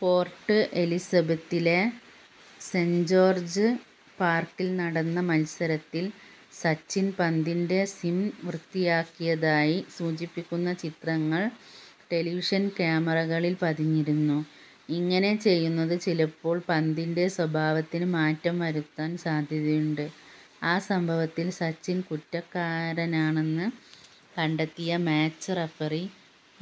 Port എലിസബത്തിലെ saint George പാർക്കിൽ നടന്ന മത്സരത്തിൽ സച്ചിൻ പന്തിന്റെ സീം വൃത്തിയാക്കിയതായി സൂചിപ്പിക്കുന്ന ചിത്രങ്ങൾ ടെലിവിഷൻ ക്യാമറകളിൽ പതിഞ്ഞിരുന്നു. ഇങ്ങനെ ചെയ്യുന്നത് ചിലപ്പോൾ പന്തിന്റെ സ്വഭാവത്തിന് മാറ്റം വരുത്താൻ സാധ്യതയുണ്ട്. ആ സംഭവത്തിൽ സച്ചിൻ കുറ്റക്കാരനാണെന്ന് കണ്ടെത്തിയ മാച്ച് റഫറി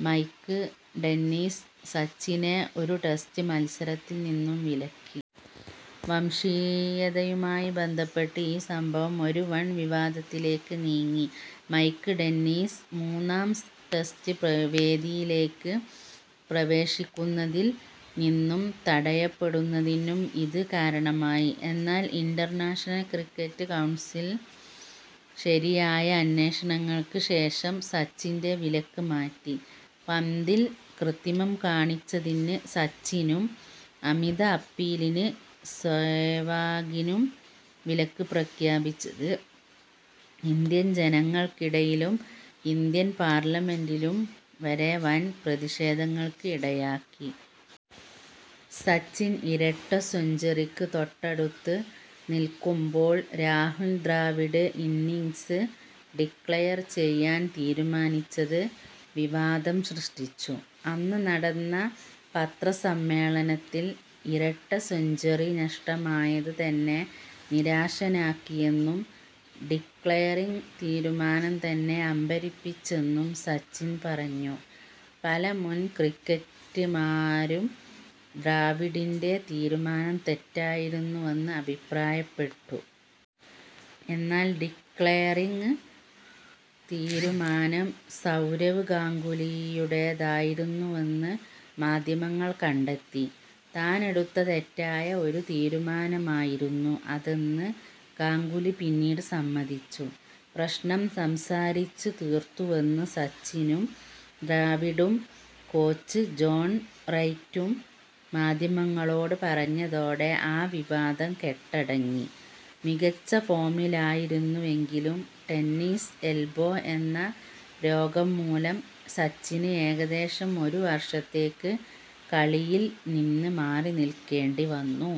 മൈക്ക് ഡെന്നിസ് സച്ചിനെ ഒരു ടെസ്റ്റ് മത്സരത്തിൽ നിന്നും വിലക്കി. വംശീയതയുമായി ബന്ധപ്പെട്ട് ഈ സംഭവം ഒരു വൻ വിവാദത്തിലേക്ക് നീങ്ങി. മൈക്ക് ഡെന്നിസ് മൂന്നാം ടെസ്റ്റ് വേദിയിലേക്ക് പ്രവേശിക്കുന്നതിൽ നിന്നും തടയപ്പെടുന്നതിനും ഇത് കാരണമായി. എന്നാൽ ഇന്റർനാഷണൽ ക്രിക്കറ്റ് കൗൺസിൽ ശരിയായ അന്വേഷണങ്ങൾക്ക് ശേഷം സച്ചിന്റെ വിലക്ക് മാറ്റി. പന്തിൽ കൃത്രിമം കാണിച്ചതിന് സച്ചിനും അമിത അപ്പീലിന് സേവാഗിനും വിലക്ക് പ്രഖ്യാപിച്ചത് ഇന്ത്യൻ ജനങ്ങൾക്കിടയിലും ഇന്ത്യൻ പാർലമെന്റിലും വരെ വൻ പ്രതിഷേധങ്ങൾക്ക് ഇടയാക്കി. സച്ചിൻ ഇരട്ട സെഞ്ച്വറിക്ക് തൊട്ടടുത്ത് നിൽക്കുമ്പോൾ രാഹുൽ ദ്രാവിഡ് ഇന്നിംങ്സ് ഡിക്ലയർ ചെയ്യാൻ തീരുമാനിച്ചത് വിവാദം സൃഷ്ടിച്ചു. അന്ന് നടന്ന പത്ര സമ്മേളനത്തിൽ ഇരട്ട സെഞ്ച്വറി നഷ്ടമായത് തന്നെ നിരാശനാക്കിയെന്നും ഡിക്ലയറിങ്ങ് തീരുമാനം തന്നെ അമ്പരപ്പിച്ചെന്നും സച്ചിൻ പറഞ്ഞു. പല മുൻക്രിക്കറ്റർമാരും ദ്രാവിഡിന്റെ തീരുമാനം തെറ്റായിരുന്നുവെന്ന് അഭിപ്രായപ്പെട്ടു.. എന്നാൽ ഡിക്ലയറിങ്ങ് തീരുമാനം സൗരവ് ഗാംഗുലിയുടേതായിരുന്നുവെന്ന് മാധ്യമങ്ങൾ കണ്ടെത്തി. താനെടുത്ത തെറ്റായ ഒരു തീരുമാനമായിരുന്നു അതെന്ന് ഗാംഗുലി പിന്നീട് സമ്മതിച്ചു. പ്രശ്നം സംസാരിച്ചു തീർത്തുവെന്ന് സച്ചിനും ദ്രാവിഡും കോച്ച് ജോൺ റൈറ്റും മാധ്യമങ്ങളോട് പറഞ്ഞതോടെ ആ വിവാദം കെട്ടടങ്ങി. മികച്ച ഫോമിലായിരുന്നുവെങ്കിലും ടെന്നീസ് എൽബോ എന്ന രോഗം മൂലം സച്ചിന് ഏകദേശം ഒരു വർഷത്തേക്ക് കളിയിൽ നിന്ന് മാറി നിൽക്കേണ്ടിവന്നു.